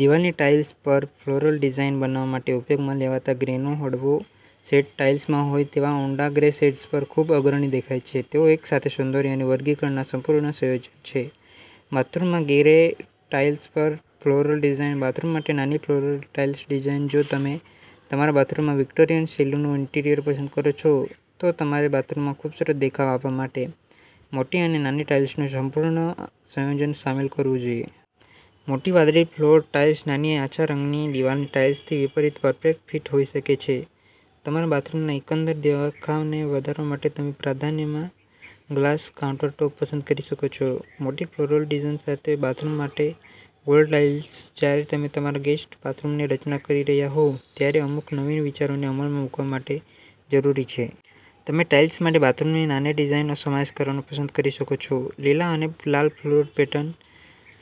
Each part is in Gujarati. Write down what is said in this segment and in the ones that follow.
દિવાલની ટાઇલ્સ પર ફ્લોરલ ડિઝાઇન બનાવવા માટે ઉપયોગમાં લેવાતા ગ્રેનો હળવો શેડ ટાઇલ્સમાં હોય તેવા ઊંડા ગ્રે શેડ્સ પર ખૂબ અગ્રણી દેખાય છે. તેઓ એકસાથે સૌંદર્ય અને વર્ગીકરણના સંપૂર્ણ સંયોજન છે. બાથરૂમમાં ગ્રે ટાઇલ્સ પર ફ્લોરલ ડિઝાઇન બાથરૂમ માટે નાની ફ્લોરલ ટાઇલ્સ ડિઝાઇન જો તમે તમારા બાથરૂમમાં વિક્ટોરિયન-શૈલીનું ઇન્ટિરિયર પસંદ કરો છો, તો તમારે બાથરૂમમાં ખૂબસૂરત દેખાવ આપવા માટે મોટી અને નાની ટાઇલ્સનું સંપૂર્ણ સંયોજન સામેલ કરવું જોઈએ. મોટી વાદળી ફ્લોર ટાઇલ્સ નાની આછા રંગની દિવાલની ટાઇલ્સથી વિપરીત પરફેક્ટ ફિટ હોઈ શકે છે. તમારા બાથરૂમના એકંદર દેખાવને વધારવા માટે તમે પ્રાધાન્યમાં ગ્લાસ કાઉન્ટરટૉપ પસંદ કરી શકો છો. મોટી ફ્લોરલ ડિઝાઇન સાથે બાથરૂમ માટે વોલ ટાઇલ્સ જ્યારે તમે તમારા ગેસ્ટ બાથરૂમની રચના કરી રહ્યા હો, ત્યારે અમુક નવીન વિચારોને અમલમાં મૂકવા માટે જરૂરી છે. તમે ટાઇલ્સ માટે બાથરૂમની નાની ડિઝાઇનનો સમાવેશ કરવાનું પસંદ કરી શકો છો. લીલા અને લાલ ફ્લોરલ પેટર્ન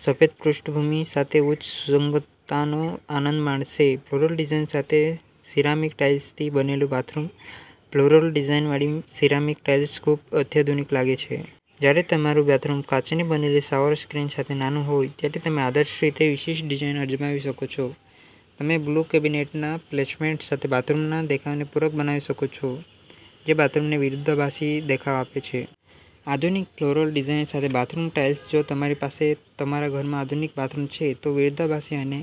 સફેદ પૃષ્ઠભૂમિ સાથે ઉચ્ચ સુસંગતતાનો આનંદ માણશે. ફ્લોરલ ડિઝાઇન સાથે સિરામિક ટાઇલ્સથી બનેલું બાથરૂમ ફ્લોરલ ડિઝાઇનવાળી સિરામિક ટાઇલ્સ ખૂબ અત્યાધુનિક લાગે છે. જ્યારે તમારું બાથરૂમ કાચની બનેલી શાવર સ્ક્રીન સાથે નાનું હોય, ત્યારે તમે આદર્શ રીતે વિશિષ્ટ ડિઝાઇન અજમાવી શકો છો. તમે બ્લુ કેબિનેટના પ્લેસમેન્ટ સાથે બાથરૂમના દેખાવને પૂરક બનાવી શકો છો, જે બાથરૂમને વિરોધાભાસી દેખાવ આપે છે. આધુનિક ફ્લોરલ ડિઝાઇન સાથે બાથરૂમ ટાઇલ્સ જો તમારી પાસે તમારા ઘરમાં આધુનિક બાથરૂમ છે, તો વિરોધાભાસી અને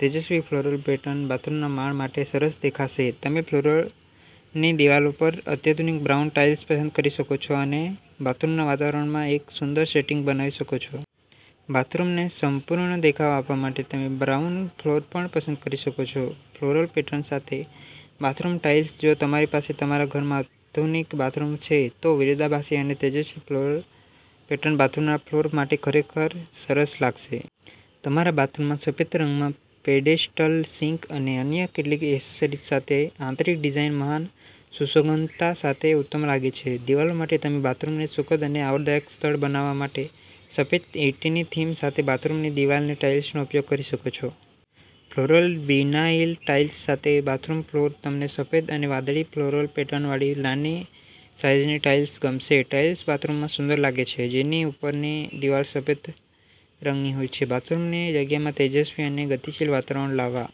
તેજસ્વી ફ્લોરલ પેટર્ન બાથરૂમના માળ માટે સરસ દેખાશે. તમે ફ્લોરની દિવાલો પર અત્યાધુનિક બ્રાઉન ટાઇલ્સ પસંદ કરી શકો છો અને બાથરૂમના વાતાવરણમાં એક સુંદર સેટિંગ બનાવી શકો છો. બાથરૂમને સંપૂર્ણ દેખાવ આપવા માટે તમે બ્રાઉન ફ્લોર પણ પસંદ કરી શકો છો. ફ્લોરલ પેટર્ન સાથે બાથરૂમ ટાઇલ્સ જો તમારી પાસે તમારા ઘરમાં આધુનિક બાથરૂમ છે, તો વિરોધાભાસી અને તેજસ્વી ફ્લોરલ પેટર્ન બાથરૂમના ફ્લોર માટે ખરેખર સરસ લાગશે. તમારા બાથરૂમમાં સફેદ રંગમાં પેડેસ્ટલ સિંક અને અન્ય કેટલીક એસેસરીઝ સાથે, આંતરિક ડિઝાઇન મહાન સુસંગતતા સાથે ઉત્તમ લાગે છે. દિવાલો માટે, તમે બાથરૂમને સુખદ અને આવકારદાયક સ્થળ બનાવવા માટે સફેદ-ઈંટની થીમ સાથે બાથરૂમની દિવાલની ટાઇલ્સનો ઉપયોગ કરી શકો છો. ફ્લોરલ વિનાઇલ ટાઇલ્સ સાથે બાથરૂમ ફ્લોર તમને સફેદ અને વાદળી ફ્લોરલ પેટર્નવાળી નાની સાઇઝની ટાઇલ્સ ગમશે. ટાઇલ્સ બાથરૂમમાં સુંદર લાગે છે, જેની ઉપરની દિવાલ સફેદ રંગની હોય છે. બાથરૂમની જગ્યામાં તેજસ્વી અને ગતિશીલ વાતાવરણ લાવવા